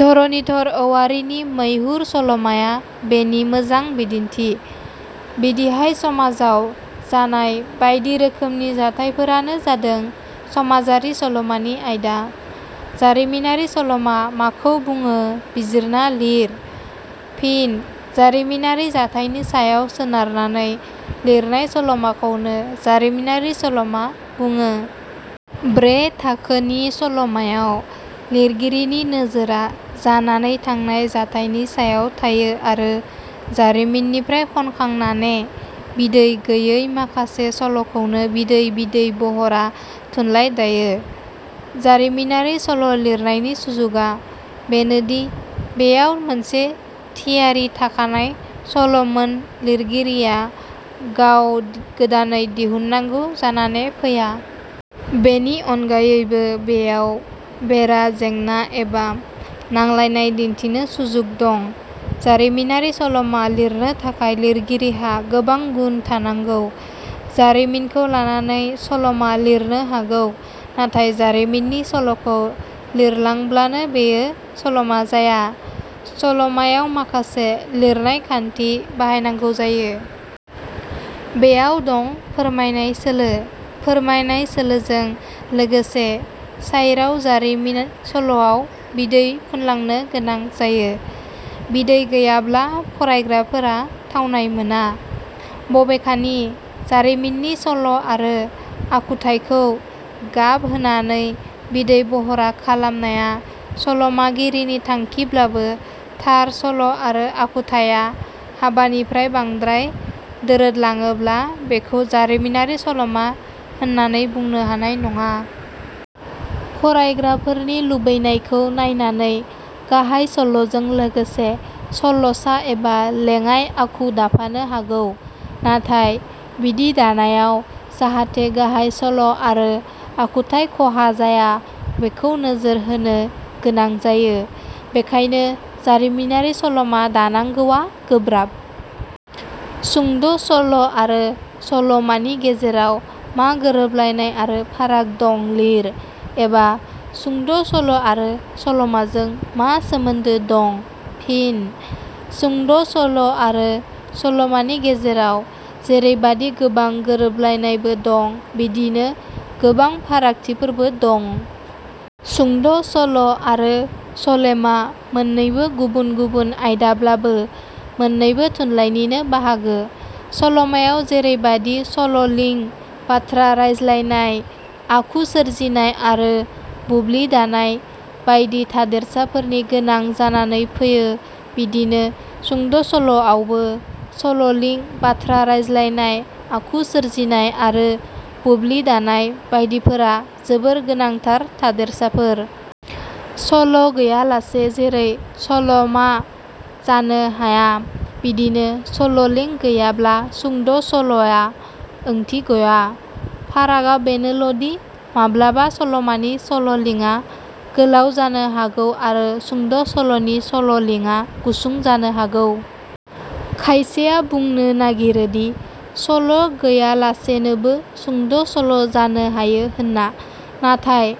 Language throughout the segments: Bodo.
धरनिधर औवारिनि "मैहुर" सल'माया बेनि मोजां बिदिन्थि। बिदिहाय समाजाव जानाय बायदि रोखोमनि जाथाइफोरानो जादों समाजारि सलमानि आयदा। जारिमिनारि सल'मा माखौ बुङो बिजिरना लिर। फिन: जारिमिनारि जाथाइनि सायाव सोनारनानै लिरनाय सल 'माखौनो जारिमिनारि सल'मा बुङो। ब्रे थाखोनि सल 'मायाव लिरगिरिनि नोजोरा जानानै थांनाय जाथाइनि सायाव थायो आरो जारिमिननिफ्राय खनखांनाने बिदै गैयै माखासे संल 'खौनो बिदै बिदै बहरा थुनलाइ दायो। जारिमिनारि सल' लिरनायनि सुजुगा बेनोदि बेयाव मोनसे थियारि थाखानाय सल' मोन लिरगिरिया गांव गोदानै दिहुननांगौ जानाने फैया। बेनि अनगायैबो बेयाव बेरा जेंना एबा नांलायनाय दिन्थिनो सुजुग दं। जारिमिनारि सलमा लिरनो थाखाय लिरगिरिहा गोबां गुण थानांगौ। जारिमिनखौ लानानै सल'मा लिरनो हागौ। नाथाय जारिमिननि सल 'खौ लिरलांब्लानो बेयो सल'मा जाया। सल 'मायाव माखासे लिरनाय खान्थि बाहायनांगौ जायो। बेयाव दं फोरमायनाय सोलो। फोरमायनाय सोलोजों लोगोसे साइराव जारिमिन सल'आव बिदै फुनलांनो गोनां जायो। बिदै गैयाब्ला फरायग्राफोरा थावनाय मोना। बबेखानि जारिमिननि सल' आरो आखुथाइखौ गाब होनानै बिदै बहरा खालामनाया सल' मागिरिनि थांखिब्लाबो थार सल' आरो आखुथाइया हाबानिफ्राय बांद्राय दोरोदलाङोब्ला बेखौ जारिमिनारि सल'मा होननानै बुंनो हानाय नङा। फरायग्राफोरनि लुबैनायखौ नायनानै गाहाइ सल 'जों लोगोसे सल'सा एबा लेङाइ आखु दाफानो हागौ नाथाय बिदि दानायाव जाहाथे गाहाइ सल' आरो आखुथाइ खहा जाया बेखौ नोजोर होनो गोनां जायो। बेखायनो जारिमिनारि सल'मा दानांगौवा गोब्राब। सुंद' सल' आरो सल मानि गेजेराव मा गोरोबलायनाय आरो फाराग दं लिर। "एबा" सुंद' सल' आरो सल 'माजों मा सोमोन्दो दं? फिन: सुंद' सल' आरो सलमानि गेजेराव जेरैबादि गोबां गोरोबलायनायबो दं बिदिनो गोबां फारागथिफोरबो दं। सुंद' सल' आरो सले'मा मोननैबो गुबुन गुबुन आयदाब्लाबो मोननैबो थुनलाइनिनो बाहागो। सल 'मायाव जेरैबादि सललिं, बाथ्रा रायज्लायनाय, आखु सोरजिनाय आरो बुब्लि दानाय बायदि थादेरसाफोरनि गोनां जानानै फैयो बिदिनो सुंद' सल 'आवबो सल 'लिं, बाथ्रा रायज्लायनाय, आखु सोरजिनाय आरो बुब्लि दानाय बायदिफोरा जोबोर गोनांथार थादेरसाफोर। सल' गैयालासे जेरै सलं 'मा जानो हाया बिदिनो सल 'लिं गैयाब्ला सुंद' सल 'या ओंथि गया। फारागा बेनोल 'दि माब्लाबा सल 'मानि सल 'लिंआ गोलाव जानो हागौ आरो सुंद' सल'नि सल'लिंआ गुसुं जानो हागौ। खायसेया बुंनो नागिरोदि सल' गैयालासेनोबो सुंद' सल' जानो हायो होनना। नाथाय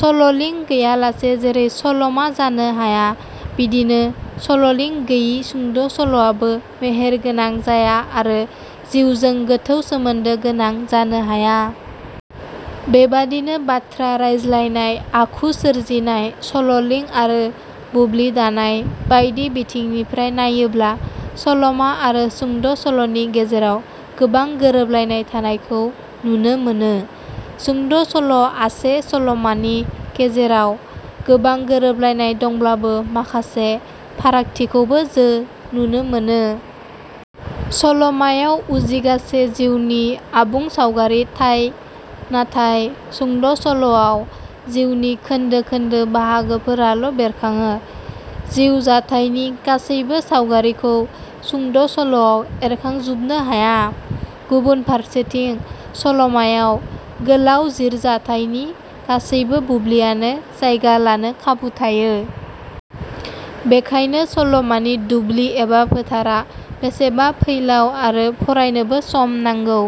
सल 'लिं गैयालासे जेरै सल'मा जानो हाया बिदिनो सल 'लिं गैयि सुंद' सल'आबो मेहेर गोनां जाया आरो जिउजों गोथौ सोमोन्दो गोनां जानो हाया। बेबादिनो बाथ्रा रायज्लायनाय, आखु सोरजिनाय, सल 'लिं आरो बुब्लि दानाय बायदि बिथिंनिफ्राय नायोब्ला सल'मा आरो सुंद' सल'नि गेजेराव गोबां गोरोबलायनाय थानायखौ नुनो मोनो। सुंद' सल' आसे सलमानि गेजेराव गोबां गोरोबलायनाय दंब्लाबो माखासे फारागथिखौबो जो नुनो मोनो। सल 'मायाव उजिगासे जिउनि आबुं सावगारि थाय नाथाय सुंद' सल'आव जिउनि खोन्दो खोन्दो बाहागोफोराल' बेरखाङो। जिउ जाथायनि गासैबो सावगारिखौ सुंद सल'आव एरखांजुबनो हाया। गुबुन फारसेथिं सल 'मायाव गोलाव जिर जाथाइनि गासैबो बुब्लियानो जायगा लानो खाबु थायो। बेखायनो सल 'मानि दुब्लि एबा फोथारा बेसेबा फैलाव आरो फरायनोबो सम नांगौ।